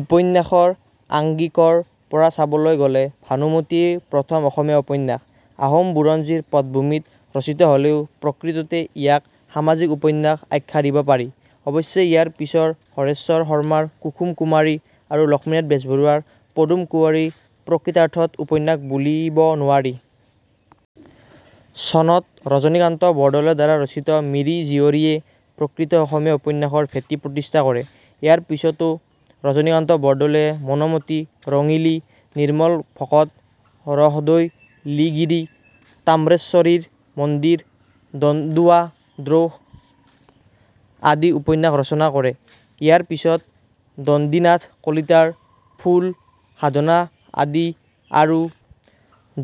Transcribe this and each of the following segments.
উপন্যাসৰ আঙ্গিকৰ পৰা চাবলৈ গ'লে ভানুমতীয়েই প্ৰথম অসমীয়া উপন্যাস। আহোম বুৰঞ্জীৰ পটভূমিত ৰচিত হ'লেও প্ৰকৃততে ইয়াক সামাজিক উপন্যাস আখ্যা দিব পাৰি। অৱশ্যে ইয়াৰ পিছৰ হৰেশ্বৰ শৰ্মাৰ কুসুম কুমাৰী আৰু লক্ষ্মীনাথ বেজবৰুৱা ৰ পদুম কুৱৰী প্ৰকৃতাৰ্থত উপন্যাস বুলিব নোৱাৰি। চনত ৰজনীকান্ত বৰদলৈ ৰ দ্বাৰা ৰচিত 'মিৰি জীয়ৰী'য়ে প্ৰকৃত অসমীয়া উপন্যাসৰ ভেটি প্ৰতিষ্ঠা কৰে। ইয়াৰ পিছতো ৰজনীকান্ত বৰদলৈয়ে মনোমতী ,ৰঙিলী, নিৰ্মল ভকত, ৰহদৈ লিগিৰী, তাম্ৰেশ্বৰীৰ মন্দিৰ, দন্দুৱা দ্ৰোহ আদি উপন্যাস ৰচনা কৰে। ইয়াৰ পিছত দণ্ডিনাথ কলিতাৰ ফুল, সাধনা আদি আৰু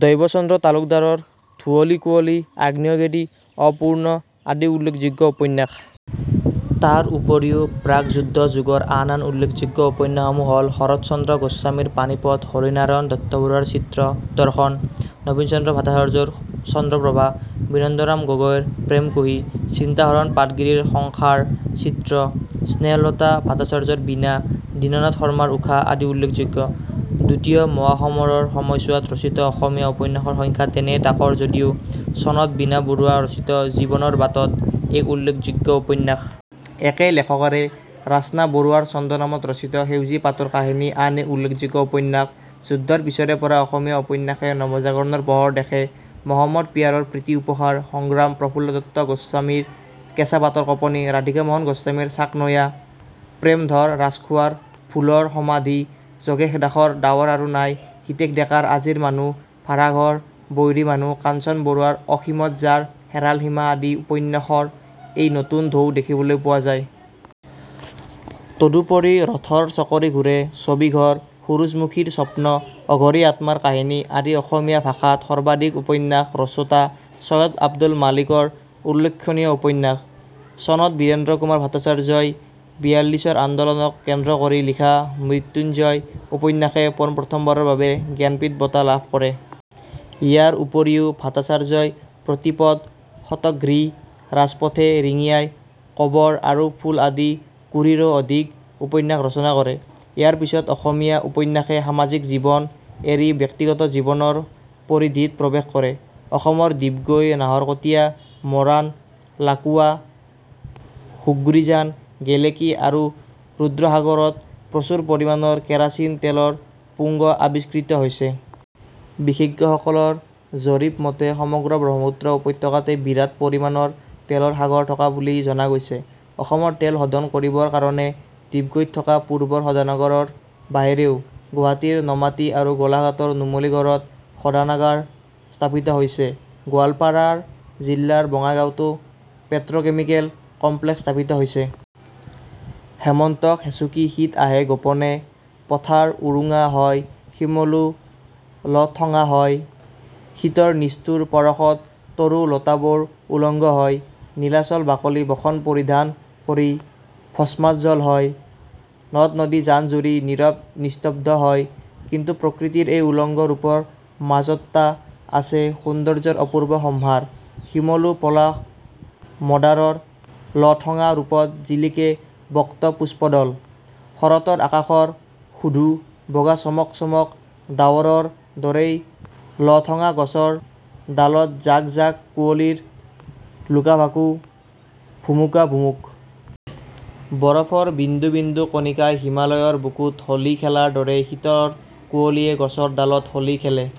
দৈৱচন্দ্ৰ তালুকদাৰৰ ধুৱঁলী-কুৱঁলী, আগ্নেয়গিৰি, অপূৰ্ণ আদি উল্লেখযোগ্য উপন্যাস। তাৰ উপৰিও প্ৰাকযুদ্ধ যুগৰ আন আন উল্লেখ্যোগ্য উপন্যাসসমূহ হ'ল-শৰত্চন্দ্ৰ গোস্বামীৰ পানিপথ, হৰিনাৰায়ণ দত্তবৰুৱাৰ চিত্ৰ দৰ্শন, নবীনচন্দ্ৰ ভট্টাচাৰ্যৰ চন্দ্ৰপ্ৰভা, বিনন্দৰাম গগৈৰ প্ৰেম কুহি, চিন্তাহৰন পাটগিৰিৰ সংসাৰ চিত্ৰ, স্নেহলতা ভট্টাচাৰ্যৰ বীণা, দীননাথ শৰ্মাৰ ঊষা আদি উল্লেখযোগ্য। দ্বিতীয় মহাসমৰৰ সময়ছোৱাত ৰচিত অসমীয়া উপন্যাসৰ সংখ্যা তেনেই তাকৰ যদিও চনত বীণা বৰুৱা ৰচিত 'জীৱনৰ বাটত' এক উল্লেখযোগ্য উপন্যাস। একে লেখকৰে ৰাস্না বৰুৱা ছদ্মনামত ৰচিত 'সেউজী পাতৰ কাহিনী' আন এক উল্লেখ্যোগ্য উপন্যাস। যুদ্ধৰ পিছৰেপৰা অসমীয়া উপন্যাসে নৱজাগৰণৰ পোহৰ দেখে। মহম্মদ পিয়াৰৰ 'প্ৰীতি-উপহাৰ', 'সংগ্ৰাম', প্ৰফুল্লদত্ত গোস্বামীৰ 'কেঁচা পাতৰ কঁপনি', ৰাধিকামোহন গোস্বামীৰ 'চাকনৈয়া', প্ৰেমধৰ ৰাজখোৱাৰ 'ভুলৰ সমাধি', যোগেশ দাসৰ 'ডাৱৰ আৰু নাই', হিতেশ ডেকাৰ আজিৰ মানুহ, ভাড়াঘৰ, বৈৰী মানুহ, কাঞ্চন বৰুৱাৰ অসীমত যাৰ হেৰাল সীমা আদি উপন্য্যসৰ এই নতুন ঢৌ দেখিবলৈ পোৱা যায়। তদুপৰি ৰথৰ চকৰি ঘূৰে, ছবিঘৰ, সূৰুযমুখীৰ স্বপ্ন, অঘৰী আত্মাৰ কাহিনী আদি অসমীয়া ভাষাত সৰ্বাধিক উপন্যাস ৰচোঁতা চৈয়দ আব্দুল মালিক ৰ উল্লেখনীয় উপন্যাস। চনত বীৰেন্দ্ৰ কুমাৰ ভট্টাচাৰ্য ই বিয়াল্লিছৰ আন্দোলনক কেন্দ্ৰ কৰি লিখা 'মৃতুঞ্জয়' উপন্যাসে পোন-প্ৰথমবাৰৰ বাবে জ্ঞানপীঠ বঁটা লাভ কৰে। ইয়াৰ উপৰিও ভট্টাচাৰ্যই প্ৰতিপদ, শতঘ্নী, ৰাজপথে ৰিঙিয়াই, কবৰ আৰু ফুল আদি কুৰিৰো অধিক উপন্যাস ৰচনা কৰে। ইয়াৰ পিছত অসমীয়া উপন্যাসে সামাজিক জীৱন এৰি ব্যক্তিগত জীৱনৰ পৰিধিত প্ৰৱেশ কৰে। অসমৰ ডিগবৈ, নাহৰকটীয়া, মৰাণ, লাকুৱা, হুগ্ৰীজান, গেলেকী আৰু ৰুদ্ৰসাগৰত প্ৰচুৰ পৰিমাণৰ কেৰাচিন তেলৰ পুং আবিষ্কৃত হৈছে। বিশেষজ্ঞসকলৰ জৰীপ মতে সমগ্ৰ ব্ৰহ্মপুত্ৰ উপত্যকাতে বিৰাট পৰিমাণৰ তেলৰ সাগৰ থকা বুলি জনা গৈছে। অসমৰ তেল শােধন কৰিবৰ কাৰণে ডিগবৈত থকা পূৰ্বৰ শোধনাগাৰৰ বাহিৰেও গুৱাহাটীৰ নমাটি আৰু গােলাঘাটৰ নুমলিগড়ত শােধনাগাৰ স্থাপিত হৈছে গােৱালপাৰা জিলাৰ বঙাইগাঁৱতাে পেট্ৰোকেমিকেল কমপ্লেক্স স্থাপিত হৈছে। হেমন্তক হেঁচুকি শীত আহে গােপনে। পথাৰ উৰুঙা হয়, শিমলু লঠঙা হয়। শীতৰ নিষ্ঠুৰ পৰশত তৰু লতাবােৰ উলংগ হয়; নীলাচল বাকলি বসন পৰিধান কৰি ভস্মাচল হয়; নদ-নদী জান-জুৰি নীৰৱ নিস্তব্ধ হয়; কিন্তু প্ৰকৃতিৰ এই উলংগ ৰূপৰ মাজততা আছে সৌন্দৰ্যৰ অপূৰ্ব সম্ভাৰ; শিমলু, পলাশ, মদাৰৰ লঠঙা ৰূপত জিলিকে বক্ত পুষ্পদল; শৰতৰ আকাশৰ শুধূ বগা চমক চমক ডাৱৰৰ দৰেই, লঠঙা গছৰ ডালত জাক জাক কুঁৱলীৰ লুকা-ভাকু, ভুমুকা-ভুমুক। বৰফৰ বিন্দু বিন্দু কণিকাই হিমালয়ৰ বুকুত হােলী খেলাৰ দৰেই শীতৰ কুঁৱলীয়ে গছৰ ডালত হােলী খেলে।